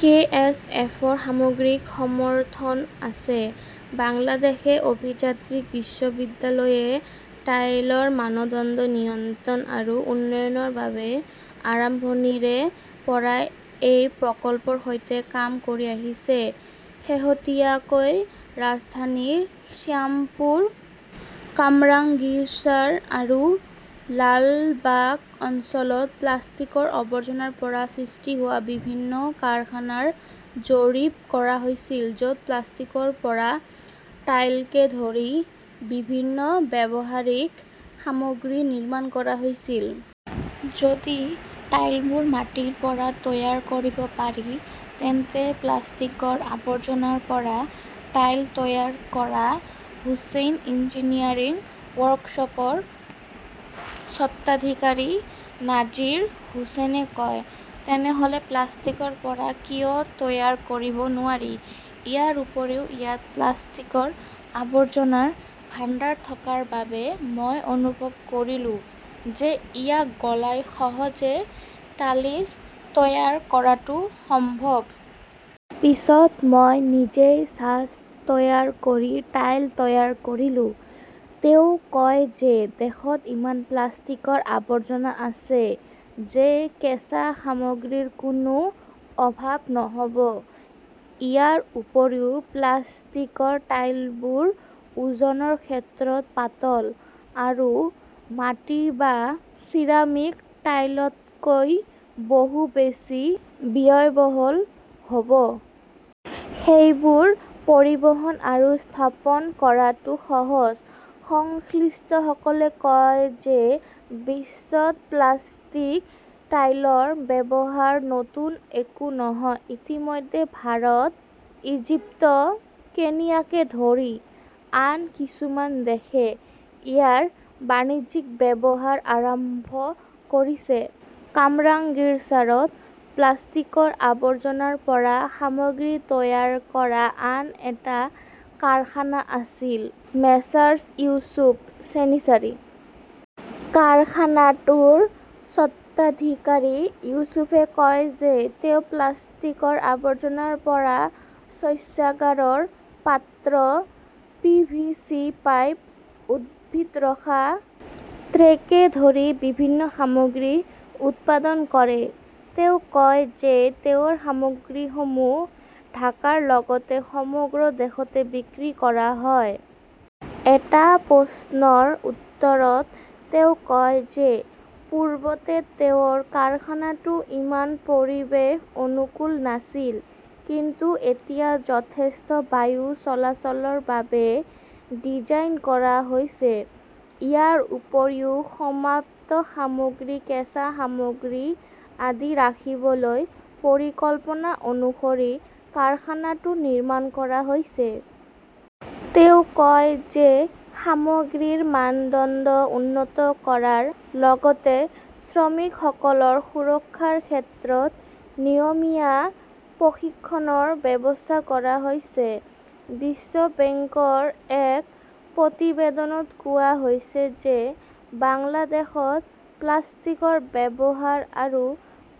কে. S. F. ৰ সামগ্ৰিক সমৰ্থন আছে। বাংলাদেশ অভিযান্ত্ৰিক বিশ্ববিদ্যালয়ে টাইলৰ মানদণ্ড নিয়ন্ত্ৰণ আৰু উন্নয়নৰ বাবে আৰম্ভণিৰে পৰাই এই প্ৰকল্পৰ সৈতে কাম কৰি আহিছে। শেহতীয়াকৈ ৰাজধানীৰ শ্যামপুৰ, কামৰাংগীৰচাৰ আৰু লালবাগ অঞ্চলত প্লাষ্টিকৰ আৱৰ্জনাৰ পৰা সৃষ্টি হোৱা বিভিন্ন কাৰখানাৰ জৰীপ কৰা হৈছিল, য'ত প্লাষ্টিকৰ পৰা টাইলকে ধৰি বিভিন্ন ব্যৱহাৰিক সামগ্ৰী নিৰ্মাণ কৰা হৈছিল। যদি টাইলবোৰ মাটিৰ পৰা তৈয়াৰ কৰিব পাৰি তেন্তে প্লাষ্টিকৰ আৱৰ্জনাৰ পৰা টাইল তৈয়াৰ কৰা হোছেইন ইঞ্জিনিয়াৰিং ৱৰ্কশ্বপৰ স্বত্বাধিকাৰী নাজিৰ হোছেনে কয়। তেনেহ'লে প্লাষ্টিকৰ পৰা কিয় তৈয়াৰ কৰিব নোৱাৰি? ইয়াৰ উপৰিও ইয়াত প্লাষ্টিকৰ আৱৰ্জনাৰ ভাণ্ডাৰ থকাৰ বাবে মই অনুভৱ কৰিলো যে, ইয়াক গলাই সহজে টালিছ তৈয়াৰ কৰাটো সম্ভৱ। পিছত মই নিজেই ছাঁচ তৈয়াৰ কৰি টাইল তৈয়াৰ কৰিলো। তেওঁ কয় যে, দেশত ইমান প্লাষ্টিকৰ আৱৰ্জনা আছে যে কেঁচা সামগ্ৰীৰ কোনো অভাৱ নহ'ব। ইয়াৰ উপৰিও, প্লাষ্টিকৰ টাইলবোৰ ওজনৰ ক্ষেত্ৰত পাতল আৰু মাটি বা চিৰামিক টাইলতকৈ বহু বেছি ব্যয়বহুল হ 'ব। সেইবোৰ পৰিবহণ আৰু স্থাপন কৰাটো সহজ। সংশ্লিষ্টসকলে কয় যে বিশ্বত প্লাষ্টিক টাইলৰ ব্যৱহাৰ নতুন একো নহয়। ইতিমধ্যে ভাৰত, ইজিপ্ত, কেনিয়াকে ধৰি আন কিছুমান দেশে ইয়াৰ বাণিজ্যিক ব্যৱহাৰ আৰম্ভ কৰিছে। কামৰাংগীৰচাৰত প্লাষ্টিকৰ আৱৰ্জনাৰ পৰা সামগ্ৰী তৈয়াৰ কৰা আন এটা কাৰখানা আছিল মেছাৰ্ছ ইউছুফ ছেনিচাৰী। কাৰখানাটোৰ স্বত্বাধিকাৰী ইউছুফে কয় যে, তেওঁ প্লাষ্টিকৰ আৱৰ্জনাৰ পৰা শৌচাগাৰৰ পাত্ৰ, পি. ভি. চি. পাইপ, উদ্ভিদ ৰখা ট্ৰেকে ধৰি বিভিন্ন সামগ্ৰী উৎপাদন কৰে। তেওঁ কয় যে, তেওঁৰ সামগ্ৰীসমূহ ঢাকাৰ লগতে সমগ্ৰ দেশতে বিক্ৰী কৰা হয়। এটা প্ৰশ্নৰ উত্তৰত তেওঁ কয় যে পূৰ্বতে তেওঁৰ কাৰখানাটো ইমান পৰিৱেশ অনুকূল নাছিল। কিন্তু এতিয়া যথেষ্ট বায়ু চলাচলৰ বাবে ডিজাইন কৰা হৈছে। ইয়াৰ উপৰিও, সমাপ্ত সামগ্ৰী, কেঁচা সামগ্ৰী আদি ৰাখিবলৈ পৰিকল্পনা অনুসৰি কাৰখানাটো নিৰ্মাণ কৰা হৈছে। তেওঁ কয় যে সামগ্ৰীৰ মানদণ্ড উন্নত কৰাৰ লগতে শ্ৰমিকসকলৰ সুৰক্ষাৰ ক্ষেত্ৰত নিয়মীয়া প্ৰশিক্ষণৰ ব্যৱস্থা কৰা হৈছে। বিশ্ব বেংকৰ এক প্ৰতিবেদনত কোৱা হৈছে যে বাংলাদেশত প্লাষ্টিকৰ ব্যৱহাৰ আৰু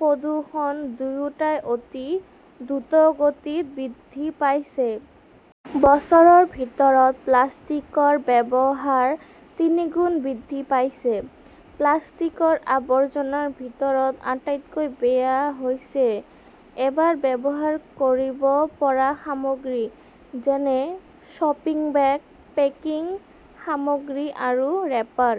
প্ৰদূষণ দুয়োটাই অতি দ্ৰুতগতিত বৃদ্ধি পাইছে। বছৰৰ ভিতৰত প্লাষ্টিকৰ ব্যৱহাৰ তিনিগুণ বৃদ্ধি পাইছে। প্লাষ্টিকৰ আৱৰ্জনাৰ ভিতৰত আটাইতকৈ বেয়া হৈছে এবাৰ ব্যৱহাৰ কৰিব পৰা সামগ্ৰী, যেনে শ্বপিং বেগ, পেকিং সামগ্ৰী আৰু ৰেপাৰ।